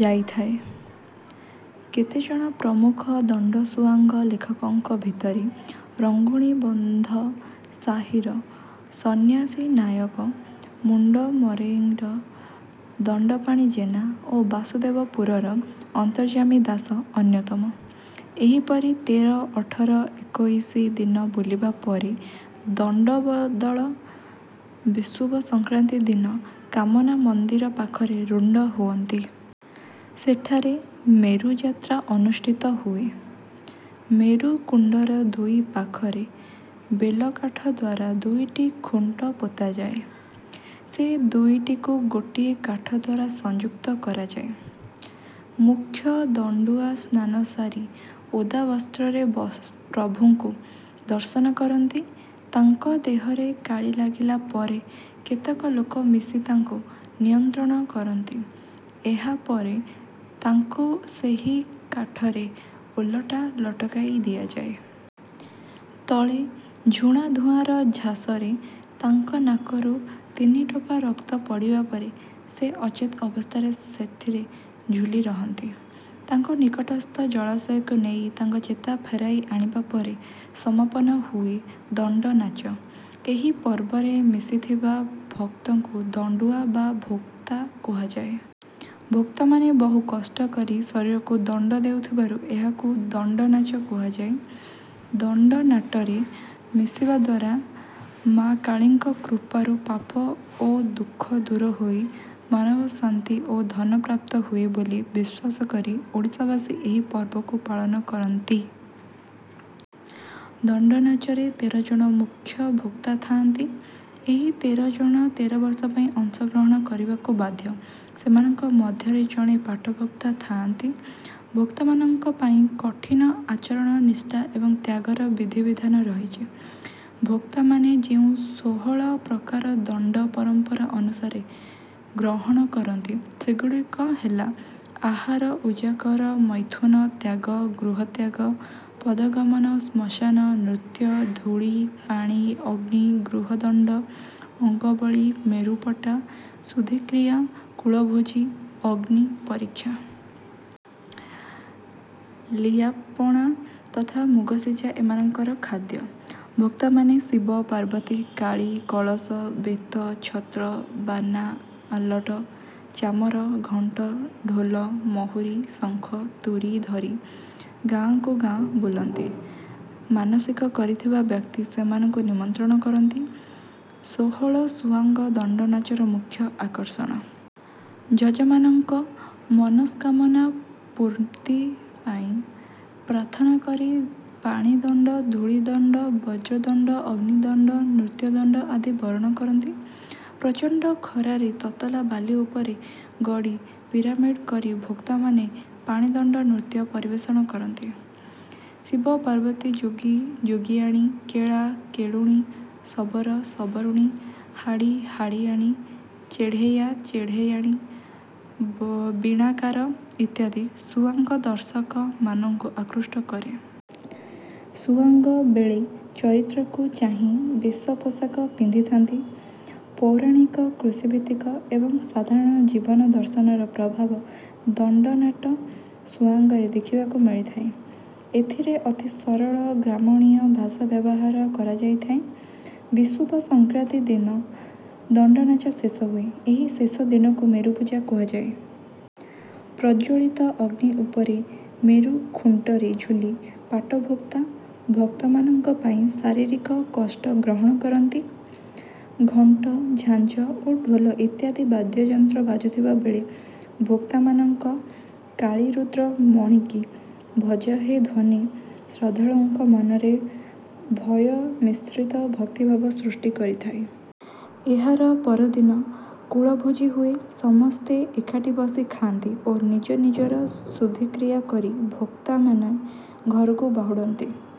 ଯାଇଥାଏ। କେତେଜଣ ପ୍ରମୁଖ ଦଣ୍ଡସୁଆଙ୍ଗ ଲେଖକଙ୍କ ଭିତରେ ରଙ୍ଗୁଣି ବନ୍ଧ ସାହିର ସନ୍ନ୍ୟାସୀ ନାୟକ ମୁଣ୍ଡମରେଇର ଦଣ୍ଡପାଣି ଜେନା ଓ ବାସୁଦେବପୁରର ଅନ୍ତର୍ଯ୍ୟାମୀ ଦାସ ଅନ୍ୟତମ। ଏହିପରି ତେର ଅଠର ଏକୋଇଶି ଦିନ ବୁଲିବା ପରେ ଦଣ୍ଡଦଳ ବିଷୁବ ସଂକ୍ରାନ୍ତି ଦିନ କାମନା ମନ୍ଦିର ପାଖରେ ରୁଣ୍ଡ ହୁଅନ୍ତି। ସେଠାରେ ମେରୁଯାତ୍ରା ଅନୁଷ୍ଠିତ ହୁଏ। ମେରୁକୁଣ୍ଡର ଦୁଇ ପାଖରେ ବେଲକାଠ ଦ୍ୱାରା ଦୁଇଟି ଖୁଣ୍ଟ ପୋତାଯାଏ। ସେ ଦୁଇଟିକୁ ଗୋଟିଏ କାଠ ଦ୍ୱାରା ସଂଯୁକ୍ତ କରାଯାଏ। ମୁଖ୍ୟ ଦଣ୍ଡୁଆ ସ୍ନାନ ସାରି ଓଦା ବସ୍ତ୍ରରେ ପ୍ରଭୁଙ୍କୁ ଦର୍ଶନ କରନ୍ତି ତାଙ୍କ ଦେହରେ କାଳୀ ଲାଗିଲା ପରେ କେତେକ ଲୋକ ମିଶି ତାଙ୍କୁ ନିୟନ୍ତ୍ରଣ କରନ୍ତି ଏହା ପରେ ତାଙ୍କୁ ସେହି କାଠରେ ଓଲଟା ଲଟକାଇ ଦିଆଯାଏ। ତଳେ ଝୁଣା ଧୂଆଁର ଝାସରେ ତାଙ୍କ ନାକରୁ ତିନି ଟୋପା ରକ୍ତ ପଡ଼ିବା ପରେ ସେ ଅଚେତ ଅବସ୍ଥାରେ ସେଥିରେ ଝୁଲି ରହନ୍ତି। ତାଙ୍କୁ ନିକଟସ୍ଥ ଜଳାଶୟକୁ ନେଇ ତାଙ୍କ ଚେତା ଫେରାଇ ଆଣିବା ପରେ ସମାପନ ହୁଏ ଦଣ୍ଡନାଚ। ଏହି ପର୍ବରେ ମିଶିଥିବା ଭକ୍ତଙ୍କୁ ଦଣ୍ଡୁଆ ବା ଭୋକ୍ତା କୁହାଯାଏ। ଭୋକ୍ତାମାନେ ବହୁ କଷ୍ଟ କରି ଶରୀରକୁ ଦଣ୍ଡ ଦେଉଥିବାରୁ ଏହାକୁ ଦଣ୍ଡନାଚ କୁହାଯାଏ। ଦଣ୍ଡନାଟରେ ମିଶିବା ଦ୍ୱାରା ମାଆ କାଳୀଙ୍କ କୃପାରୁ ପାପ ଓ ଦୁଃଖ ଦୂର ହୋଇ ମାନବ ଶାନ୍ତି ଓ ଧନ ପ୍ରାପ୍ତ ହୁଏ ବୋଲି ବିଶ୍ୱାସ କରି ଓଡ଼ିଶାବାସୀ ଏହି ପର୍ବକୁ ପାଳନ କରନ୍ତି। ଦଣ୍ଡନାଚରେ ତେର ଜଣ ମୁଖ୍ୟ ଭୋକ୍ତା ଥାଆନ୍ତି ଏହି ତେର ଜଣ ତେର ବର୍ଷ ପାଇଁ ଅଂଶଗ୍ରହଣ କରିବାକୁ ବାଧ୍ୟ। ସେମାନଙ୍କ ମଧ୍ୟରେ ଜଣେ ପାଟଭୋକ୍ତା ଥାଆନ୍ତି। ଭୋକ୍ତାମାନଙ୍କ ପାଇଁ କଠିନ ଆଚରଣ ନିଷ୍ଠା ଏବଂ ତ୍ୟାଗର ବିଧିବିଧାନ ରହିଛି। ଭୋକ୍ତାମାନେ ଯେଉଁ ଷୋହଳ ପ୍ରକାର ଦଣ୍ଡ ପରମ୍ପରା ଅନୁସାରେ ଗ୍ରହଣ କରନ୍ତି ସେଗୁଡ଼ିକ ହେଲା ଆହାର ଉଜାଗର ମୈଥୁନ ତ୍ୟାଗ ଗୃହତ୍ୟାଗ ପଦଗମନ ଶ୍ମଶାନ ନୃତ୍ୟ ଧୂଳି ପାଣି ଅଗ୍ନି ଗୃହଦଣ୍ଡ ଅଙ୍ଗବଳୀ ମେରୁପଟା ଶୁଦ୍ଧିକ୍ରିୟା କୁଳଭୋଜି ଅଗ୍ନି ପରୀକ୍ଷା। ଲିଆ ପଣା ତଥା ମୁଗସିଝା ଏମାନଙ୍କର ଖାଦ୍ୟ। ଭୋକ୍ତାମାନେ ଶିବ ପାର୍ବତୀ କାଳୀ କଳସ ବେତ ଛତ୍ର ବାନା ଆଲଟ ଚାମର ଘଣ୍ଟ ଢୋଲ ମହୁରୀ ଶଙ୍ଖ ତୁରୀ ଧରି ଗାଁକୁ ଗାଁ ବୁଲନ୍ତି। ମାନସିକ କରିଥିବା ବ୍ୟକ୍ତି ସେମାନଙ୍କୁ ନିମନ୍ତ୍ରଣ କରନ୍ତି। ଷୋହଳ ସୁଆଙ୍ଗ ଦଣ୍ଡନାଚର ମୁଖ୍ୟ ଆକର୍ଷଣ। ଯଜମାନଙ୍କ ମନସ୍କାମନା ପୂର୍ତ୍ତି ପାଇଁ ପ୍ରାର୍ଥନା କରି ପାଣିଦଣ୍ଡ ଧୂଳିଦଣ୍ଡ ବଜ୍ରଦଣ୍ଡ ଅଗ୍ନିଦଣ୍ଡ ନୃତ୍ୟଦଣ୍ଡ ଆଦି ବରଣ କରନ୍ତି। ପ୍ରଚଣ୍ଡ ଖରାରେ ତତଲା ବାଲି ଉପରେ ଗଡ଼ି ପିରାମିଡ଼ କରି ଭୋକ୍ତାମାନେ ପାଣିଦଣ୍ଡ ନୃତ୍ୟ ପରିବେଷଣ କରନ୍ତି। ଶିବ ପାର୍ବତୀ ଯୋଗି ଯୋଗିଆଣୀ କେଳା କେଳୁଣୀ ଶବର ଶବରୁଣୀ ହାଡ଼ି ହାଡ଼ିଆଣୀ ଚଢ଼େୟା ଚଢ଼େୟାଣୀ ବୀଣାକାର ଇତ୍ୟାଦି ସୁଆଙ୍ଗ ଦର୍ଶକମାନଙ୍କୁ ଆକୃଷ୍ଟ କରେ। ସୁଆଙ୍ଗ ବେଳେ ଚରିତ୍ରକୁ ଚାହିଁ ବେଶ ପୋଷାକ ପିନ୍ଧିଥାନ୍ତି। ପୌରାଣିକ କୃଷିଭିତ୍ତିକ ଏବଂ ସାଧାରଣ ଜୀବନ ଦର୍ଶନର ପ୍ରଭାବ ଦଣ୍ଡନାଟ ସୁଆଙ୍ଗରେ ଦେଖିବାକୁ ମିଳିଥାଏ। ଏଥିରେ ଅତି ସରଳ ଗ୍ରାମୀଣ ଭାଷା ବ୍ୟବହାର କରାଯାଇଥାଏ। ବିଷୁବ ସଂକ୍ରାନ୍ତି ଦିନ ଦଣ୍ଡନାଚ ଶେଷ ହୁଏ। ଏହି ଶେଷ ଦିନକୁ ମେରୁ ପୂଜା କୁହାଯାଏ। ପ୍ରଜ୍ୱଳିତ ଅଗ୍ନି ଉପରେ ମେରୁ ଖୁଣ୍ଟରେ ଝୁଲି ପାଟଭୋକ୍ତା ଭକ୍ତମାନଙ୍କ ପାଇଁ ଶାରୀରିକ କଷ୍ଟ ଗ୍ରହଣ କରନ୍ତି। ଘଣ୍ଟ ଝାଞ୍ଜ ଓ ଢୋଲ ଇତ୍ୟାଦି ବାଦ୍ୟଯନ୍ତ୍ର ବାଜୁଥିବା ବେଳେ ଭୋକ୍ତାମାନଙ୍କ କାଳୀରୁଦ୍ର ମଣିକି ଭଜ ହେ ଧ୍ୱନି ଶ୍ରଦ୍ଧାଳୁଙ୍କ ମନରେ ଭୟ ମିଶ୍ରିତ ଭକ୍ତିଭାବ ସୃଷ୍ଟି କରିଥାଏ। ଏହାର ପରଦିନ କୁଳଭୋଜି ହୁଏ ସମସ୍ତେ ଏକାଠି ବସି ଖାଆନ୍ତି ଓ ନିଜ ନିଜର ଶୁଦ୍ଧିକ୍ରିୟା କରି ଭୋକ୍ତାମାନେ ଘରକୁ ବାହୁଡ଼ନ୍ତି।